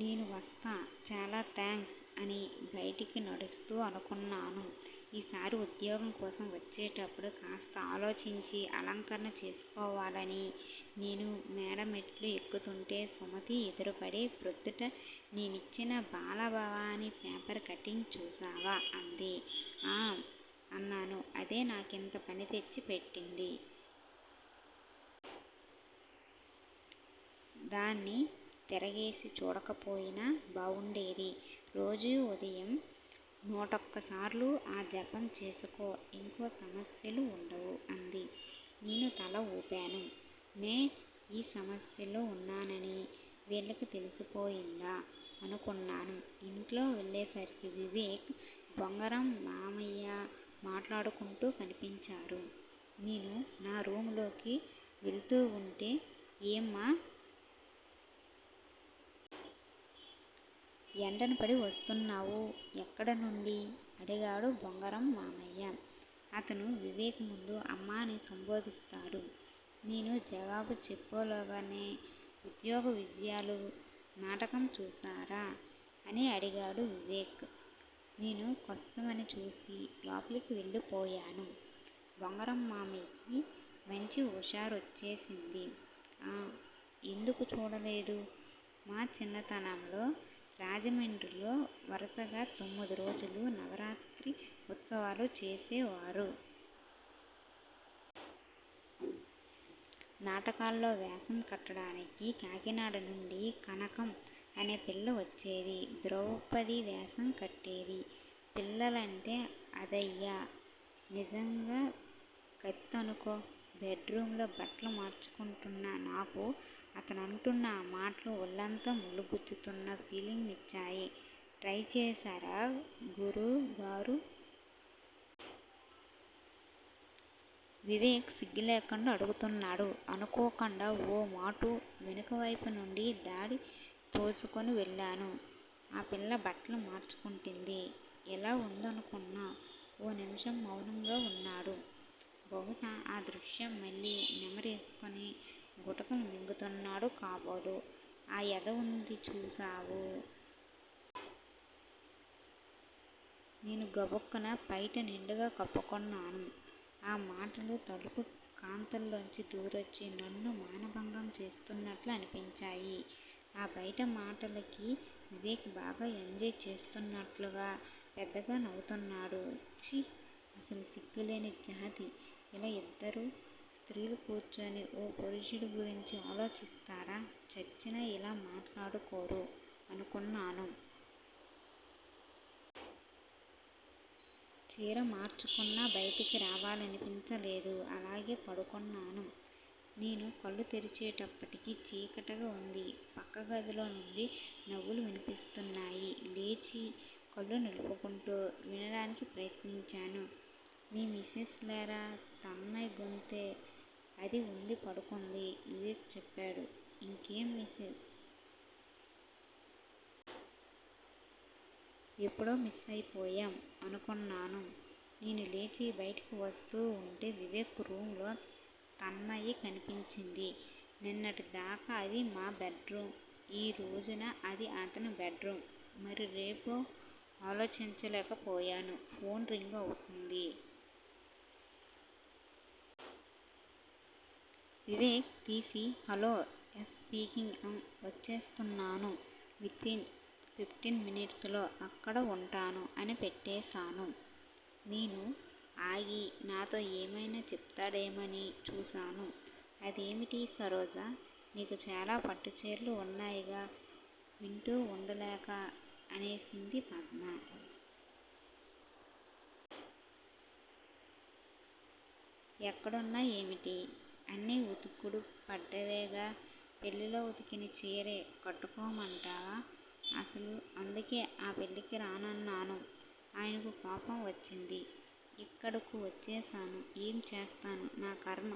నేను వస్తా చాలా థాంక్స్! అని బయటికి నడుస్తూ అనుకున్నాను, ఈ సారి ఉద్యోగం కోసం వచ్చేటప్పుడు కాస్త ఆలోచించి అలంకరణ చేసుకోవాలని! నేను మేడమెట్లు ఎక్కుతుంటే సుమతి ఎదురుపడి- ప్రొద్దుట నేనిచ్చిన బాల భావనీ పేపర్ కట్టింగ్ చూశావా? అంది. ఆఁ! అన్నాను అదే నాకింత పని తెచ్చి పెట్టింది. దాన్ని తెరగేసి చూడకపోయినా బావుండేది! రోజూ ఉదయం నూటొక్కసార్లు ఆ జపం చేసుకో ఇంకే సమస్యలూ వుండవు! అంది. నేను తల ఊపాను. న్నె ఈ సమస్యల్లో వున్నానని వీళ్ళకి తెలిసిపోయిందా? అనుకున్నాను. ఇంట్లోకి వెళ్ళేసరికి వివేక్, బొంగరం మావయ్యా మాట్లాడుకుంటూ కనిపించారు. నేను నా రూమ్ లోకి వెళ్తూవుంటే- ఏమ్మా! ఎండనపడి వస్తున్నావు? ఎక్కడి నుండీ? అడిగాడు బొంగరంమావయ్య. అతను వివేక్ ముందు 'అమ్మా' అని సంబోధిస్తాడు. నేను జవాబు చెప్పేలోగానే- ఉద్యోగ విజయాలు నాటకం చూశారా? అని అడిగాడు వివేక్. నేను కస్సుమని చూసి లోపలికి వెళ్ళిపోయాను. బొంగరం మావయ్యకి మంచి ఉషారోచ్చేసింది. ఆఁ! ఎందుకు చూడలేదూ మా చిన్నతనంలో రాజమండ్రిలో వరసగా తొమ్మిదిరోజులూ నవరాత్రి ఉత్సవాలు చేసేవారు. నాటకాల్లో వేషం కట్టడానికి కాకినాడ నుండి 'కనకం' అనే పిల్ల వచ్చేది ద్రౌపది వేషం కట్టేది. పిల్లంటే అదయ్యా! నిజంగా కత్తేననుకో! బెడ్ రూమ్ లో బట్టలు మార్చుకుంటున్నా నాకు అతనంటున్న ఆ మాటలు ఒళ్ళంతా ముళ్ళు గుచ్చుతున్న ఫీలింగ్ నిచ్చాయి! ట్రై చేశారా గురూగారూ? వివేక్ సిగ్గులేకుండా అడుగుతున్నాడు. అనుకోకుండా ఓ మాటు వెనకవైపు నుండి దడి తోసుకుని వెళ్ళాను. ఆ పిల్ల బట్టలు మార్చుకుంటోంది. ఎలా వుందనుకున్నావ్? ఓ నిమిషం మౌనంగా వున్నాడు. బహుశా ఆ దృశ్యం మళ్ళీ నెమరేసుకుని గుటకలు మింగుతున్నాడు కాబోలు! ఆ ఎద వుంది చూశావూ? నేను గబుక్కున పైట నిండుగా కప్పుకున్నాను. ఆ మాటలు తలుపు కంతల్లోంచి దూరోచ్చి నన్ను మానభంగం చేస్తున్నట్లనిపించాయి! ఆయబ మాటలకి వివేక్ బాగా ఎంజాయ్ చేస్తున్నట్లుగా పెద్దగా నవ్వుతున్నాడు. 'ఛీ! అస్సలు సిగ్గులేని జాతి ఇలా ఇద్దరు స్త్రీలు కూర్చుని ఓపురుషుడిగురించి ఆలోచిస్తారా? చచ్చినా ఇలా మాట్లాడుకోరు' అనుకున్నాను. చీర మార్చుకున్నా బయటికి రావాలనిపించలేదు అలాగే పడుకున్నాను. నేను కళ్ళు తెరిచేటప్పటికి చీకటిగా వుంది! పక్క గదిలో నుండి నవ్వులు వినిపిస్తున్నాయి. లేచి కళ్లు నులువుకుంటూ వినడానికి ప్రయత్నించాను. మీ మిసెస్ లేరా? తన్మయి గొంతే అది ఉంది పడుకుంది వివేక్ చెప్పాడు. ఇంకేం మిసెస్? ఎప్పుడో మిస్ అయిపోయాం! అనుకున్నాను! నేను లేచి బయటికి వస్తూ వుంటే వివేక్ రూమ్ లో తన్మయి కనిపించింది. నిన్నటి దాకా అది మా బెడ్ రూమ్ ఈ రోజున అది అతని బెడ్ రూమ్ మరి రేపూ? ఆలోచించలేక పోయాను. ఫోన్ రింగ్ అవుతోంది. వివేక్ తీసి- హలో ఎస్ స్పీకింగ్ ఆఁ వచ్చేస్తున్నాను వితిన్ ఫిఫ్టిన్ మినిట్స్ లో అక్కడ వుంటాను అని పెట్టేశాను. నేను ఆగి నాతో ఏమైనా చెప్తాడేమోనని చూశాను. అదేమిటి సరోజా! నీకు చాలా పట్టు చీరలు వున్నాయ్ గా! వింటూ ఉండలేక అనేసింది పద్మ! ఎక్కడున్నా యేమిటి? అన్నీ ఉతుకుడు పడ్డవేగా? పెళ్ళిలో ఉతికిన చీరే కట్టుకోమంటావా? అసలు అందుకే ఆ పెళ్ళికి రానన్నాను. ఆయనకు కోపం వచ్చింది. ఇక్కడకు వచ్చేశాను. ఎం చేస్తాను? నా కర్మ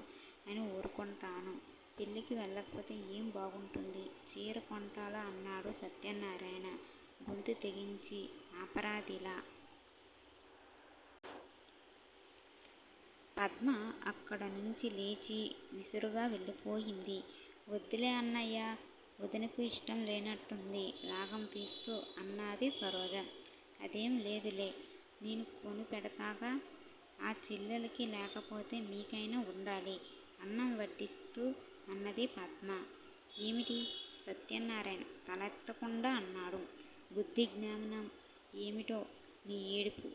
అని ఊరుకుంటాను పెళ్ళికి వెళ్ళకపోతే ఏం బాగుంటుందీ? చీర కోంటాలే అన్నాడు సత్యనారాయణ గొంతు తగ్గించి అపరాదిలా. పద్మ అక్కడనుంచి లేచి విసురుగా వెళ్ళిపోయింది. వద్దులే అన్నయ్యా! వదినకు యిష్టం లేనట్టుంది రాగం తీస్తూ అన్నది సరోజ. అదేం లేదులే. నేను కొనిపెడ్తాగా? ఆ చెల్లెలికి లేకపోతే మీకైణా వుండాలి అన్నం వడ్డిస్తూ అన్నది పద్మ. ఏమిటి? సత్యనారాయణ తలెత్తకుండా అన్నాడు. బుద్ధి జ్ఞానం! ఏమిటే నీ ఏడుపు?